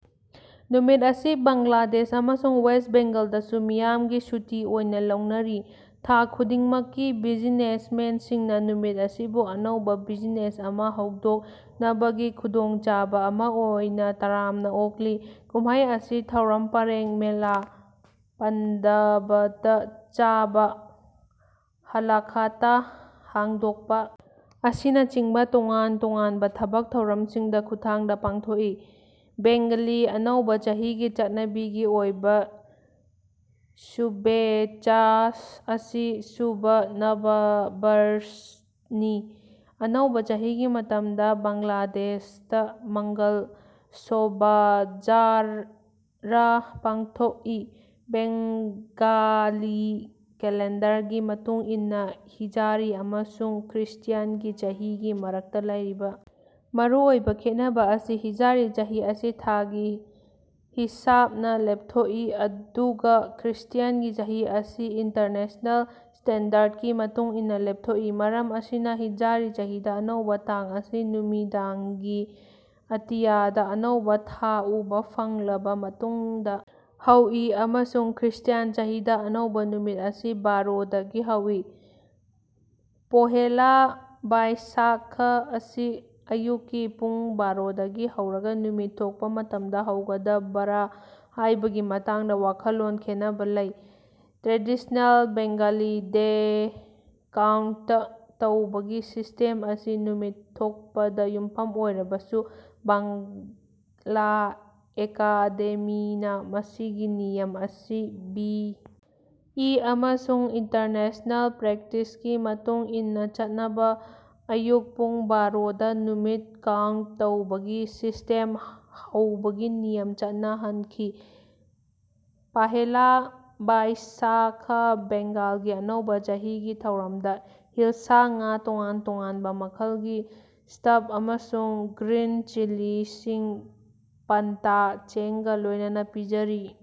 ꯅꯨꯃꯤꯠ ꯑꯁꯤ ꯕꯪꯒ꯭ꯂꯥꯗꯦꯁ ꯑꯃꯁꯨꯡ ꯋꯦꯁ꯭ꯠ ꯕꯦꯡꯒꯥꯜꯗꯁꯨ ꯃꯤꯌꯥꯝꯒꯤ ꯁꯨꯇꯤ ꯑꯣꯏꯅꯥ ꯂꯧꯅꯔꯤ꯫ ꯊꯥꯛ ꯈꯨꯗꯤꯡꯃꯛꯀꯤ ꯕꯤꯖꯤꯅꯦꯁꯃꯦꯟꯁꯤꯡꯅꯥ ꯅꯨꯃꯤꯠ ꯑꯁꯤꯕꯨ ꯑꯅꯧꯕꯥ ꯕꯤꯖꯤꯅꯦꯁ ꯑꯃꯥ ꯍꯧꯗꯣꯛꯅꯕꯒꯤ ꯈꯨꯗꯣꯡꯆꯥꯕꯥ ꯑꯃꯥ ꯑꯣꯏꯅ ꯇꯔꯥꯝꯅ ꯑꯣꯛꯂꯤ꯫ ꯀꯨꯝꯃꯩ ꯑꯁꯤ ꯊꯧꯔꯝ ꯄꯔꯦꯡ ꯃꯦꯂꯥ ꯄꯟꯇꯚꯇꯥ ꯆꯥꯕ ꯍꯥꯂꯈꯥꯇꯥ ꯍꯥꯡꯗꯣꯛꯄꯥ ꯑꯁꯤꯅꯆꯤꯡꯕꯥ ꯇꯣꯉꯥꯟ ꯇꯣꯉꯥꯟꯕꯥ ꯊꯕꯛ ꯊꯧꯔꯝꯁꯤꯡꯒꯤ ꯈꯨꯠꯊꯥꯡꯗꯥ ꯄꯥꯡꯊꯣꯛꯏ꯫ ꯕꯦꯡꯒꯂꯤ ꯑꯅꯧꯕꯥ ꯆꯍꯤꯒꯤ ꯆꯠꯅꯕꯤꯒꯤ ꯑꯣꯏꯕꯥ ꯁꯨꯚꯦꯆ꯭ꯁꯥ ꯑꯁꯤ ꯁꯨꯚ ꯅꯕꯥꯕꯔꯁꯅꯤ꯫ ꯑꯅꯧꯕ ꯆꯍꯤꯒꯤ ꯃꯇꯝꯗ ꯕꯦꯡꯒ꯭ꯂꯥꯗꯦꯁꯇꯥ ꯃꯪꯒꯜ ꯁꯣꯚꯥꯖꯥꯠꯔꯥ ꯄꯥꯡꯊꯣꯛꯏ꯫ ꯕꯦꯡꯒꯥꯂꯤ ꯀꯦꯂꯦꯟꯗꯔꯒꯤ ꯃꯇꯨꯡ ꯏꯟꯅꯥ ꯍꯤꯖꯔꯤ ꯑꯃꯁꯨꯡ ꯈ꯭ꯔ꯭ꯤꯁꯇ꯭ꯌꯥꯟꯒꯤ ꯆꯍꯤꯒꯤ ꯃꯔꯛꯇꯥ ꯂꯩꯔꯤꯕ ꯃꯔꯨ ꯑꯣꯏꯕꯥ ꯈꯦꯠꯅꯕ ꯑꯁꯤ ꯍꯤꯖꯔꯤ ꯆꯍꯤ ꯑꯁꯤ ꯊꯥꯒꯤ ꯍꯤꯁꯥꯕꯅꯥ ꯂꯦꯞꯊꯣꯛꯏ ꯑꯗꯨꯒꯥ ꯈ꯭ꯔ꯭ꯤꯁꯇ꯭ꯌꯥꯟꯒꯤ ꯆꯍꯤ ꯑꯁꯤ ꯏꯟꯇꯔꯅꯦꯁꯅꯦꯜ ꯁ꯭ꯇꯦꯟꯗꯔꯗꯀꯤ ꯃꯇꯨꯡ ꯏꯟꯅꯥ ꯂꯦꯞꯊꯣꯛꯏ꯫ ꯃꯔꯝ ꯑꯁꯤꯅꯥ ꯍꯤꯖꯔꯤ ꯆꯍꯤꯗꯥ ꯑꯅꯧꯕꯥ ꯇꯥꯡ ꯑꯁꯤ ꯅꯨꯃꯤꯗꯥꯡꯒꯤ ꯑꯇꯤꯌꯥꯗꯥ ꯑꯅꯧꯕꯥ ꯊꯥ ꯎꯕꯥ ꯐꯪꯂꯕꯥ ꯃꯇꯨꯡꯗꯥ ꯍꯧꯏ ꯑꯃꯁꯨꯡ ꯈ꯭ꯔ꯭ꯤꯁꯇ꯭ꯌꯥꯟ ꯆꯍꯤꯗꯥ ꯑꯅꯧꯕ ꯅꯨꯃꯤꯠ ꯑꯁꯤ ꯕꯥꯔꯣ ꯗꯒꯤ ꯍꯧꯏ꯫ ꯄꯣꯍꯦꯂꯥ ꯕꯥꯏꯁꯥꯈ ꯑꯁꯤ ꯑꯌꯨꯛꯀꯤ ꯄꯨꯡ ꯕꯥꯔꯣꯗꯒꯤ ꯍꯧꯔꯒꯥ ꯅꯨꯃꯤꯠ ꯊꯣꯛꯄꯥ ꯃꯇꯝꯗꯥ ꯍꯧꯒꯗꯕꯔꯥ ꯍꯥꯏꯕꯒꯤ ꯃꯇꯥꯡꯗꯥ ꯋꯥꯈꯜꯂꯣꯟ ꯈꯦꯟꯅꯕꯥ ꯂꯩ꯫ ꯇ꯭ꯔꯦꯗꯤꯁꯅꯦꯜ ꯕꯦꯡꯒꯂꯤ ꯗꯦ ꯀꯥꯎꯟꯇ ꯇꯧꯕꯒꯤ ꯁꯤꯁ꯭ꯇꯦꯝ ꯑꯁꯤ ꯅꯨꯃꯤꯠ ꯊꯣꯛꯄꯗ ꯌꯨꯝꯐꯝ ꯑꯣꯏꯔꯕꯁꯨ ꯕꯥꯡꯂꯥ ꯑꯦꯀꯥꯗꯦꯃꯤꯅꯥ ꯃꯁꯤꯒꯤ ꯅꯤꯌꯝ ꯑꯁꯤ ꯕꯤ. ꯏ. ꯑꯃꯁꯨꯡ ꯏꯟꯇꯔꯅꯦꯁꯅꯦꯜ ꯄ꯭ꯔꯦꯛꯇꯤꯁꯀꯤ ꯃꯇꯨꯡ ꯏꯟꯅꯥ ꯆꯠꯅꯕ ꯑꯌꯨꯛ ꯄꯨꯡ ꯕꯥꯔꯣꯗꯥ ꯅꯨꯃꯤꯠ ꯀꯥꯎꯟꯇ ꯇꯧꯕꯒꯤ ꯁꯤꯁ꯭ꯇꯦꯝ ꯍꯧꯕꯒꯤ ꯅꯤꯌꯝ ꯆꯠꯅꯍꯟꯈꯤ꯫ ꯄꯥꯍꯦꯂꯥ ꯕꯥꯏꯁꯥꯈ ꯕꯦꯡꯒꯥꯂꯤ ꯑꯅꯧꯕꯥ ꯆꯍꯤꯒꯤ ꯊꯧꯔꯝꯗꯥ ꯍꯤꯜꯁꯥ ꯉꯥ ꯇꯣꯉꯥꯟ ꯇꯣꯉꯥꯟꯕꯥ ꯃꯈꯜꯒꯤ ꯁ꯭ꯇꯐ ꯑꯃꯁꯨꯡ ꯒ꯭ꯔꯤꯟ ꯆꯤꯂꯤꯁꯤꯡ ꯄꯟꯇꯥ ꯆꯦꯡꯒꯥ ꯂꯣꯏꯅꯅꯥ ꯄꯤꯖꯔꯤ꯫